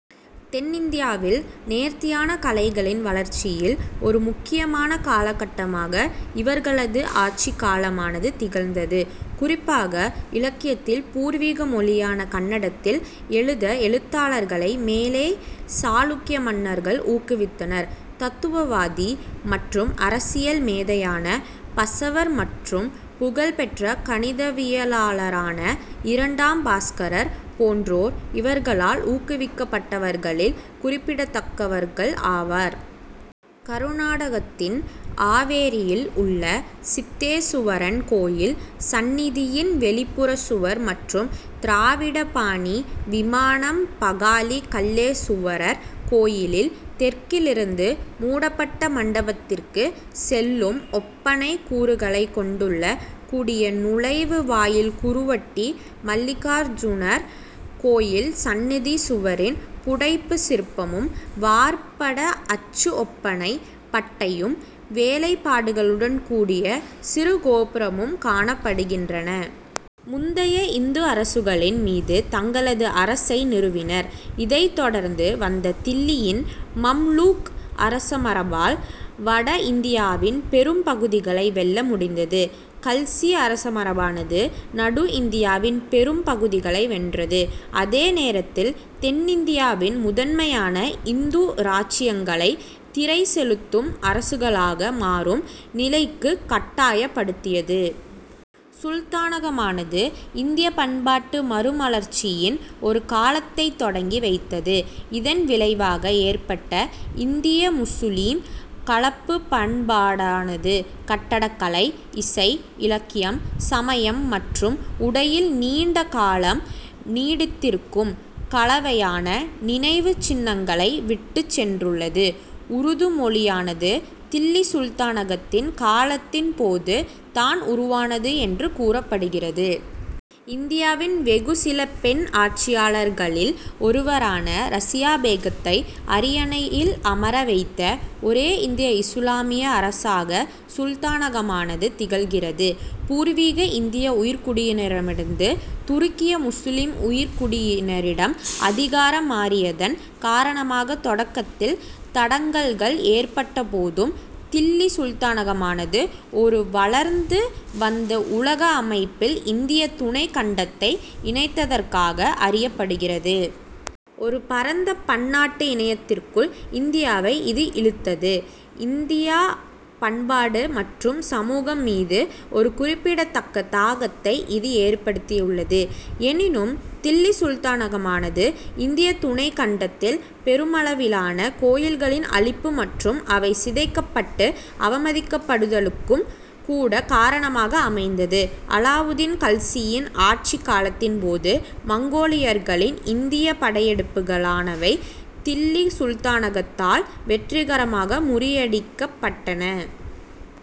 தென்னிந்தியாவில் நேர்த்தியான கலைகளின் வளர்ச்சியில் ஒரு முக்கியமான காலகட்டமாக இவர்களது ஆட்சிக் காலமானது திகழ்ந்தது. குறிப்பாக இலக்கியத்தில், பூர்வீக மொழியான கன்னடத்தில் எழுத எழுத்தாளர்களை மேலைச் சாளுக்கிய மன்னர்கள் ஊக்குவித்தனர். தத்துவவாதி மற்றும் அரசியல் மேதையான பசவர் மற்றும் புகழ்பெற்ற கணிதவியலாளரான இரண்டாம் பாஸ்கரர் போன்றோர் இவர்களால் ஊக்குவிக்கப்பட்டவர்களில் குறிப்பிடத்தக்கவர்கள் ஆவர். கருநாடகத்தின் ஆவேரியில் உள்ள சித்தேசுவரன் கோயில் சன்னிதியின் வெளிப்புற சுவர் மற்றும் "திராவிட" பாணி விமானம் பகாலி கல்லேசுவரர் கோயிலில் தெற்கிலிருந்து மூடப்பட்ட மண்டபத்திற்குச் செல்லும் ஒப்பனைக் கூறுகளைக் கொண்டுள்ள கூடிய நுழைவு வாயில் குருவட்டி மல்லிகார்ஜுனர் கோயில் சன்னிதி சுவரின் புடைப்புச் சிற்பமும், வார்ப்பட அச்சு ஒப்பனைப் பட்டையும், வேலைப்பாடுகளுடன் கூடிய சிறு கோபுரமும் காணப்படுகின்றன. முந்தைய இந்து அரசுகளின் மீது தங்களது அரசை நிறுவினர். இதைத் தொடர்ந்து வந்த தில்லியின் மம்லூக் அரசமரபால் வட இந்தியாவின் பெரும் பகுதிகளை வெல்ல முடிந்தது. கல்சி அரசமரபானது நடு இந்தியாவின் பெரும் பகுதிகளை வென்றது. அதே நேரத்தில், தென்னிந்தியாவின் முதன்மையான இந்து இராச்சியங்களை திறை செலுத்தும் அரசுகளாக மாறும் நிலைக்குக் கட்டாயப்படுத்தியது. சுல்தானகமானது இந்தியப் பண்பாட்டு மறுமலர்ச்சியின் ஒரு காலத்தைத் தொடங்கி வைத்தது. இதன் விளைவாக ஏற்பட்ட "இந்திய-முசுலிம்" கலப்புப் பண்பாடானது கட்டடக்கலை, இசை, இலக்கியம், சமயம் மற்றும் உடையில் நீண்ட காலம் நீடித்திருக்கும் கலவையான நினைவுச் சின்னங்களை விட்டுச் சென்றுள்ளது. உருது மொழியானது தில்லி சுல்தானகத்தின் காலத்தின் போது தான் உருவானது என்று கூறப்படுகிறது. இந்தியாவின் வெகு சில பெண் ஆட்சியாளர்களில் ஒருவரான ரசியா பேகத்தை அரியணையில் அமர வைத்த ஒரே இந்திய இசுலாமிய அரசாக சுல்தானகமானது திகழ்கிறது. பூர்வீக இந்திய உயர்குடியினரிடமிருந்து துருக்கிய முசுலிம் உயர்குடியினரிடம் அதிகாரம் மாறியதன் காரணமாக தொடக்கத்தில் தடங்கல்கள் ஏற்பட்ட போதும் தில்லி சுல்தானகமானது ஒரு வளர்ந்து வந்த உலக அமைப்பில் இந்திய துணைக் கண்டத்தை இணைத்ததற்காக அறியப்படுகிறது. ஒரு பரந்த பன்னாட்டு இணையத்திற்குள் இந்தியாவை இது இழுத்தது. இந்தியப் பண்பாடு மற்றும் சமூகம் மீது ஒரு குறிப்பிடத்தக்க தாக்கத்தை இது ஏற்படுத்தியுள்ளது. எனினும், தில்லி சுல்தானகமானது இந்திய துணைக்கண்டத்தில் பெருமளவிலான கோயில்களின் அழிப்பு மற்றும் அவை சிதைக்கப்பட்டு அவமதிக்கப்படுதலுக்கும் கூட காரணமாக அமைந்தது. அலாவுதீன் கல்சியின் ஆட்சிக் காலத்தின் போது மங்கோலியர்களின் இந்தியப் படையெடுப்புகளானவை தில்லி சுல்தானகத்தால் வெற்றிகரமாக முறியடிக்கப்பட்டன.